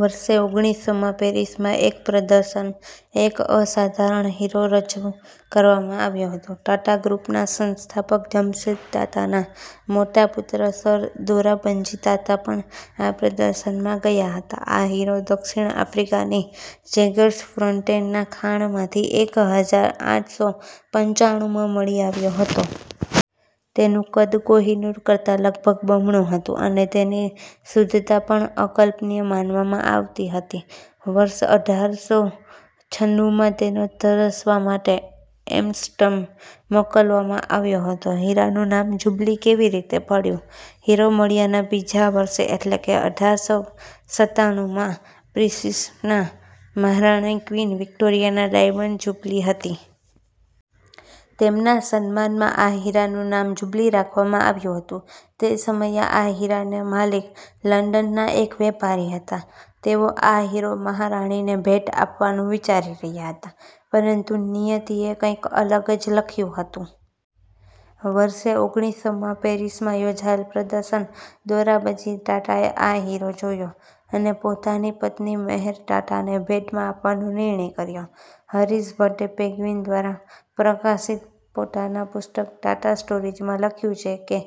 વર્ષ ઓગળીસોમાં પેરિસમાં એક પ્રદર્શનમાં એક અસાધારણ હીરો રજૂ કરવામાં આવ્યો હતો. ટાટા ગ્રૂપના સંસ્થાપક જમશેદજી ટાટાના મોટા પુત્ર સર દોરાબજી ટાટા પણ આ પ્રદર્શનમાં ગયા હતા. આ હીરો દક્ષિણ આફ્રિકાની જૅગર્સફૉન્ટેઇન ખાણમાંથી એક હજાર આઠ સો પંચાણુંમાં મળી આવ્યો હતો. તેનું કદ કોહિનૂર કરતાં લગભગ બમણું હતું અને તેની શુદ્ધતા પણ અકલ્પનીય માનવામાં આવતી હતી. વર્ષ અઢારસો છનુમાં તેને તરાશવા માટે એમ્સ્ટર્ડમ મોકલવામાં આવ્યો હતો. હીરાનું નામ જુબલ કેવી રીતે પડ્યું? હીરો મળ્યાના બીજા વર્ષે, એટલે કે અઢારસો સત્તાનુંમાં, બ્રિસેસ ની મહારાણી ક્વીન વિક્ટોરિયાની ડાયમંડ જુબલી હતી. તેમના સન્માનમાં આ હીરાનું નામ “જુબલી” રાખવામાં આવ્યું હતું. તે સમયે આ હીરાના માલિક લંડનના એક વેપારી હતા. તેઓ આ હીરો મહારાણીને ભેટમાં આપવાનું વિચારી રહ્યા હતા. પરંતુ નિયતિએ કંઈક અલગ જ લખ્યું હતું. વર્ષ ઓગળીસોમાં પેરિસમાં યોજાયેલા પ્રદર્શનમાં દોરાબજી ટાટાએ આ હીરો જોયો અને પોતાની પત્ની મેહેરબાઈ ટાટાને ભેટમાં આપવાનો નિર્ણય કર્યો. હરીશ ભટે પેંગ્વિન દ્વારા પ્રકાશિત પોતાના પુસ્તક ટાટા સ્ટોરીઝમાં લખ્યું છે કે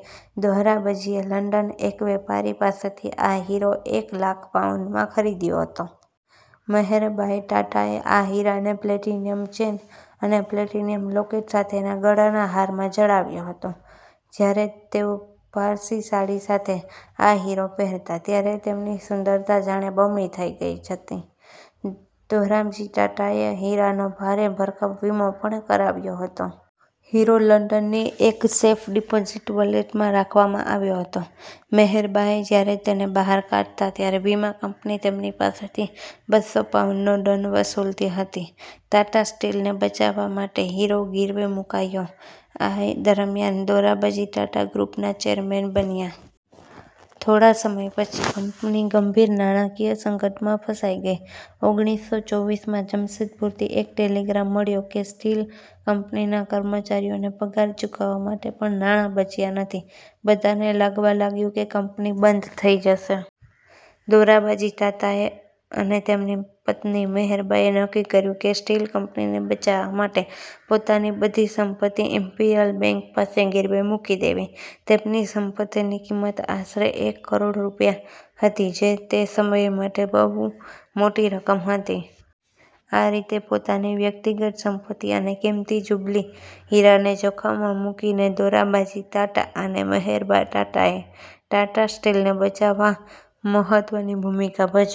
દોરાબજીએ લંડનના એક વેપારી પાસેથી આ હીરો એક લાખ પાઉન્ડમાં ખરીદ્યો હતો. મેહેરબાઈ ટાટાએ આ હીરાને પ્લેટિનમ ચેન અને પ્લેટિનમ લોકેટ સાથેના ગળાના હારમાં જડાવ્યો હતો. જ્યારે તેઓ પારસી સાડી સાથે આ હીરો પહેરતા, ત્યારે તેમની સુંદરતા જાણે બમણી થઈ જતી. દોરાબજી ટાટાએ આ હીરાનો ભારે ભરખમ વીમો પણ કરાવ્યો હતો. હીરો લંડનની એક સેફ ડિપોઝિટ વૉલ્ટમાં રાખવામાં આવતો હતો. મેહેરબાઈ જ્યારે તેને બહાર કાઢતા, ત્યારે વીમા કંપની તેમની પાસેથી બસ્સો પાઉન્ડનો દંડ વસૂલતી હતી. ટાટા સ્ટીલને બચાવવા માટે હીરો ગીરવે મૂકાયો આ દરમિયાન દોરાબજી ટાટા ટાટા ગ્રૂપના ચેરમેન બન્યા. થોડા સમય પછી કંપની ગંભીર નાણાકીય સંકટમાં ફસાઈ ગઈ. ઓગણીસો ચોવીસમાં જમશેદપુરથી એક ટેલિગ્રામ મળ્યો કે સ્ટીલ કંપનીના કર્મચારીઓને પગાર ચૂકવવા માટે પણ નાણાં બચ્યાં નથી. બધાને લાગવા લાગ્યું કે કંપની બંધ થઈ જશે. દોરાબજી ટાટા અને તેમની પત્ની મેહેરબાઈએ નક્કી કર્યું કે સ્ટીલ કંપનીને બચાવવા માટે પોતાની બધી સંપત્તિ ઈમ્પિરિયલ બેન્ક પાસે ગીરવે મૂકી દેવી. તેમની સંપત્તિની કિંમત આશરે એક કરોડ રૂપિયા હતી, જે તે સમય માટે ખૂબ મોટી રકમ હતી. આ રીતે, પોતાની વ્યક્તિગત સંપત્તિ અને કિંમતી જુબલી હીરાને જોખમમાં મૂકીને દોરાબજી ટાટા અને મેહેરબાઈ ટાટાએ ટાટા સ્ટીલને બચાવવામાં મહત્વની ભૂમિકા ભજવી.